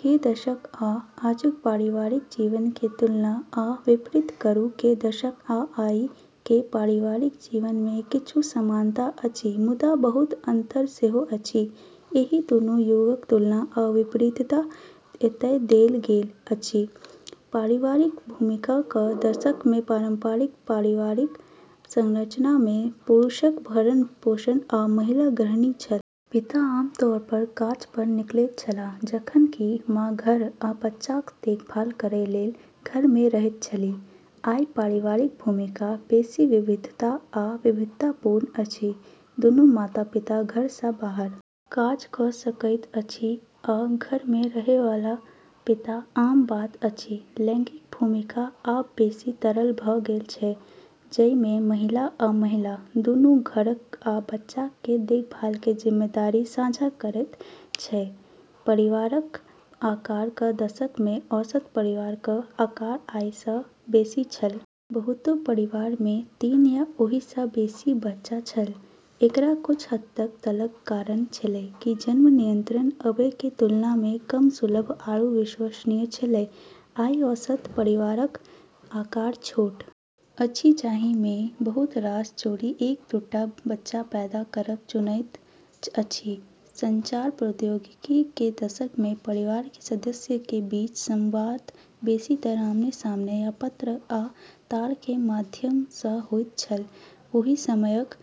के दशक आ आजुक पारिवारिक जीवन के तुलना आ विपरीत करू, के दशक आ आइ के पारिवारिक जीवन में किछु समानता अछि मुदा बहुत अंतर सेहो अछि। एहि दुनू युगक तुलना आ विपरीतता एतय देल गेल अछि, पारिवारिक भूमिका क दशक मे पारंपरिक पारिवारिक संरचना मे पुरुषक भरण-पोषण आ महिला गृहिणी छल। पिता आमतौर पर काज पर निकलैत छलाह जखन कि मां घर आ बच्चाक देखभाल करय लेल घर मे रहैत छलीह, आइ पारिवारिक भूमिका बेसी विविधता आ विविधतापूर्ण अछि। दुनू माता-पिता घर सं बाहर काज क सकैत छथि आ घर मे रहय वाला पिता आम बात अछि, लैंगिक भूमिका आब बेसि तरल भ गेल छै, जइ मे महिला आ महिला दूनू घरक आ बच्चाक कें देखभाल कें जिम्मेदारी साझा करएयत छै, परिवारक आकार क दशक मे औसत परिवार क आकार आइ स बेसी छल। बहुतो परिवार मे तीन या ओहि स बेसी बच्चा छल, एकरऽ कुछ हद तलक कारण छेलै कि जन्म नियंत्रण अबे के तुलना मे कम सुलभ आरू विश्वसनीय छेलै। आइ औसत परिवारक आकार छोट अछि जाहि मे बहुत रास जोड़ी एक-दूटा बच्चा पैदा करब चुनैत अछि, संचार आ प्रौद्योगिकी के दशक में परिवार के सदस्य के बीच संवाद बेसीतर आमने-सामने या पत्र आ तार के माध्यम सं होइत छल ओहि समयक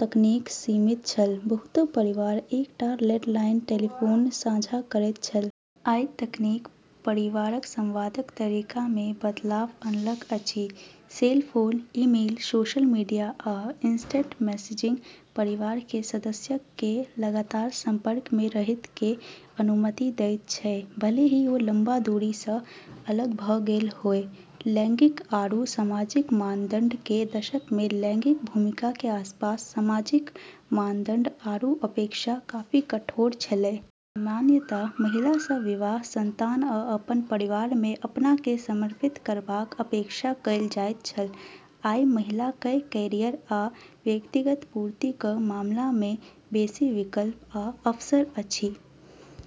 तकनीक सीमित छल, बहुतो परिवार एकटा लैंडलाइन टेलीफोन साझा करैत छल। आइ तकनीक परिवारक संवादक तरीका मे बदलाव अनलक अछि। Cell phone, email, social media आ इंस्टेंट मैसेजिंग परिवार कें सदस्यक कें लगातार संपर्क मे रहय कें अनुमति देयत छै, भले ही ओ लंबा दूरी सं अलग भ गेल होय, लैंगिक आरू सामाजिक मानदंड के दशक मे लैंगिक भूमिका के आसपास सामाजिक मानदंड आरू अपेक्षा काफी कठोर छेलै। सामान्यतः महिला सँ विवाह, संतान आ अपन परिवार मे अपना केँ समर्पित करबाक अपेक्षा कयल जाइत छल आइ महिला कए कैरियर आ व्यक्तिगत पूर्ति क मामला मे बेसी विकल्प आ अवसर अछि।